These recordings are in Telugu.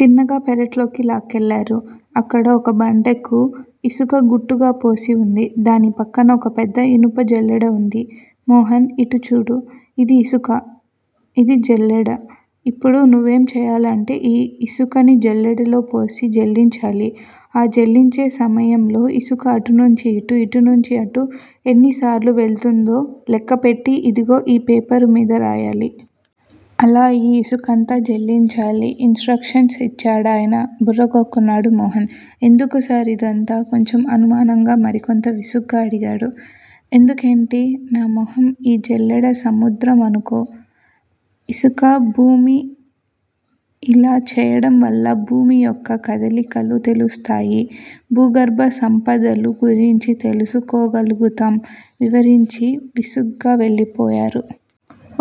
తిన్నగా పెరట్లోకి లాక్కెళ్ళారు. అక్కడ ఓ బండెడు ఇసుక గుట్టగాపోసి వుంది. దాని పక్కన ఓ పెద్ద ఇనుప జల్లెడ వుంది. మోహన్! ఇటుచూడు. యిది ఇసుక. ఇది జల్లెడ యిప్పుడు నువ్వేం చెయ్యాలంటే ఈ ఇసుకని జల్లెడలో పోసి జల్లించాలి. ఆ జల్లించే సమయంలో ఇసుక అటు నుంచి ఇటు, ఇటునుంచి అటు ఎన్నిసార్లు వెళుతుందో లెక్కపెట్టి యిదుగో ఈ పేపరుమీద రాయాలి. అలా ఈ ఇసుకంతా జల్లించాలి! ఇన్ స్ట్రక్షన్స్ యిచ్చాడాయన. బుర్రగోక్కున్నాడు మోహన్. ఎందుకుసార్ యిదంతా? కొంచెం అనుమానంగా, మరికొంత విసుగ్గా అడిగాడు. ఎందుకేంటి నామొహం ఈ జల్లెడ సముద్రమనుకో, యిసుకభూమి, యిలా చెయ్యడంవల్ల భూమి యొక్క కదలికలు తెలుస్తాయి. భూగర్భ సంపదలు గురించి తెలుసుకోగలుగుతాం! వివరించి విసుగ్గా వెళ్ళిపోయారు.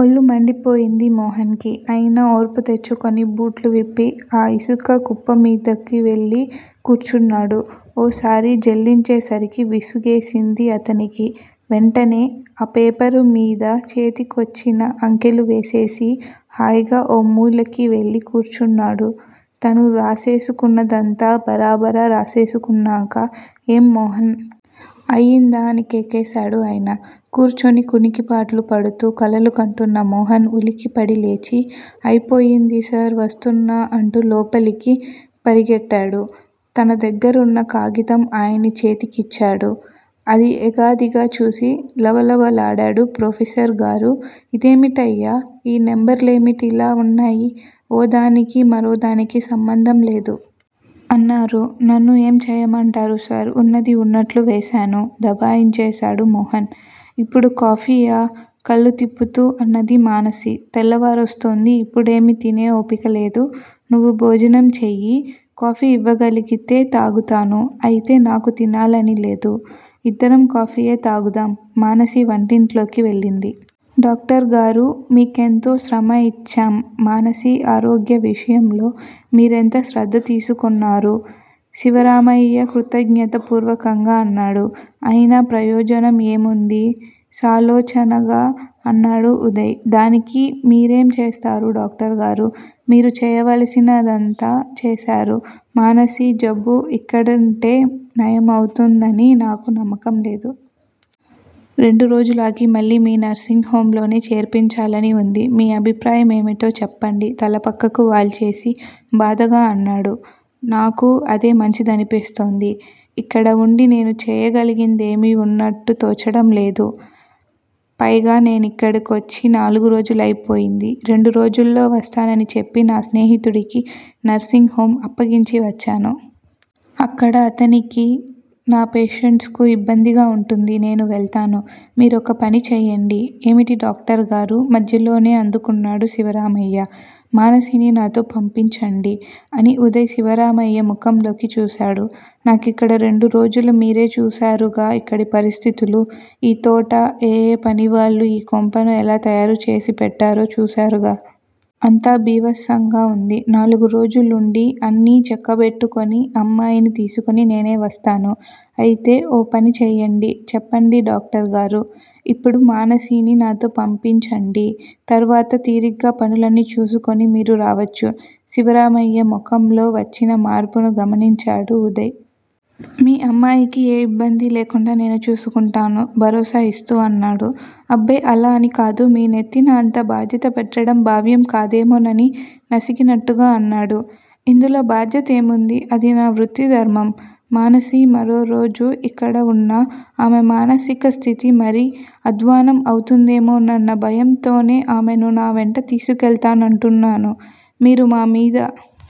ఒళ్ళు మండిపోయింది మోహన్ కి. అయినా ఓర్పు తెచ్చుకుని బూట్లువిప్పి ఆ ఇసుక కుప్పమీదకి వెళ్ళి కూర్చున్నాడు. ఓసారి జల్లించేసరికి విసుగేసింది అతనికి. వెంటనే ఆ పేపరుమీద చేతికొచ్చిన అంకెలు వేసేసి హాయిగా ఓ మూలకి వెళ్ళికూర్చున్నాడు. తను రాసేసుకున్నదంతా బరబరా రాసేసుకున్నాక ఏం మోహన్! అయిందా అని కేకేశాడు ఆయన. కూర్చుని కునికిపాట్లుపడుతూ కలలుగంటున్న మోహన్ ఉలిక్కిపడి లేచి అయిపోయింది సార్ వస్తున్నా! అంటూ లోపలికి పరిగెట్టాడు. తన దగ్గరున్న కాగితం ఆయన చేతికిచ్చాడు. అది ఎగాదిగాచూసి లబలబలాడాడు ప్రొఫెసర్ గారు ఇదేమిటయ్యా! ఈ నెంబరులేమిటిలా వున్నాయి. ఓ దానికి మరో దానికి సంబంధంలేదు? అన్నారు. నన్ను ఏం చెయ్యమంటారుసార్! వున్నది వున్నట్లు వేశాను. దబాయించేశాడు మోహన్. ఇప్పుడు కాఫీయా? కళ్ళు తిప్పుతూ అన్నాది మానసి. తెల్లవారొస్తూంది. ఇప్పుడేమీ తినే ఓపిక లేదు. నువ్వు భోజనం చెయ్యి. కాఫీ ఇవ్వగలిగితే తాగుతాను. అయితే నాకూ తినాలనిలేదు. ఇద్దరం కాఫీయే తాగుదాం. మానసి వంటింట్లోకి వెళ్ళింది. డాక్టర్ గారూ! మీకెంతో శ్రమ ఇచ్చ్చాం. మానసి ఆరోగ్య విషయంలో మీరెంతో శ్రద్ధ తీసుకొన్నారు. శివరామయ్య కృతజ్ఞతా పూర్వకంగా అన్నాడు. అయినా ప్రయోజనం ఏముందీ? సాలోచనగా అన్నాడు ఉదయ్. దానికి మీరేం చేస్తారు డాక్టర్ గారూ. మీరు చెయ్యవలసినాదంతా చేశారు. మానసి జబ్బు ఇక్కడుంటే నయం అవుతుందని నాకు నమ్మకంలేదు. రెండురోజులాగి మళ్ళీ మీ నర్సింగ్ హొంలోనే చేర్పించాలని వుంది. మీ అభిప్రాయం ఏమిటో చెప్పండి తల పక్కకు వాల్చేసి బాధగా అన్నాడు. నాకూ అదే మంచిదనిపిస్తోంది. ఇక్కడ వుండి నేను చేయగలిగిందేమీవున్నట్టు తోచడంలేదు. పైగానేనిక్కడకొచ్చి నాలుగురోజులైపోయింది. రెండు రోజుల్లో వస్తానని చెప్పి నా స్నేహితుడికి నర్సింగ్ హొం అప్పగించి వచ్చాను. అక్కడ అతనికీ, నా పేషెంట్సుకూ ఇబ్బందిగా వుంటుంది. నేను వెళ్తాను. మీరొక పని చెయ్యండి ఏమిటి డాక్టర్ గారూ! మధ్యలోనే అందుకున్నాడు శివరామయ్య. మానసిని నాతో పంపించండి అని ఉదయ్ శివరామయ్య ముఖంలోకి చూశాడు. నాకిక్కడ రెండురోజుల మీరే చూశారుగా ఇక్కడి పరిస్థితులు? ఈ తోటా ఏఎ పనివాళ్ళూ ఈ కొంపను ఎలా తయారు చేసి పెట్టారో చూశారుగా. అంతా భీభత్సంగా ఉంది! నాలుగురోజులుండి, అన్నీ చక్కబెట్టుకొని, అమ్మాయిని తీసుకొని నేనే వస్తాను. అయితే ఓ పని చెయ్యండి చెప్పండి డాక్టర్ గారూ! ఇప్పుడు మానసిని నాతో పంపించండి తర్వాత తీరిగ్గా పనులన్నీ చూసుకొని మీరు రావచ్చు. శివరామయ్య ముఖంలో వచ్చిన మార్పును గమనించాడు ఉదయ్. మీ అమ్మాయికి ఏ ఇబ్బందీ లేకుండా నేను చూసుకుంటాను భరోసా ఇస్తూ అన్నాడు. అబ్బే అలా అనికాదు. మీ నెత్తిన అంత బాధ్యత పెట్టడం భావ్యం కాదేమోనని నసిగినట్టుగా అన్నాడు. ఇందులో భాధ్యతేముంది అది నా వృత్తిధర్మం. మానసి మరో రోజు ఇక్కడ వున్నా ఆమె మానసిక స్థితి మరీ అధ్వాన్నం అవుతుందేమోనన్న భయంతోనే ఆమెను నావెంట తీసుకెళ్తానంటున్నాను. మీరు మామీద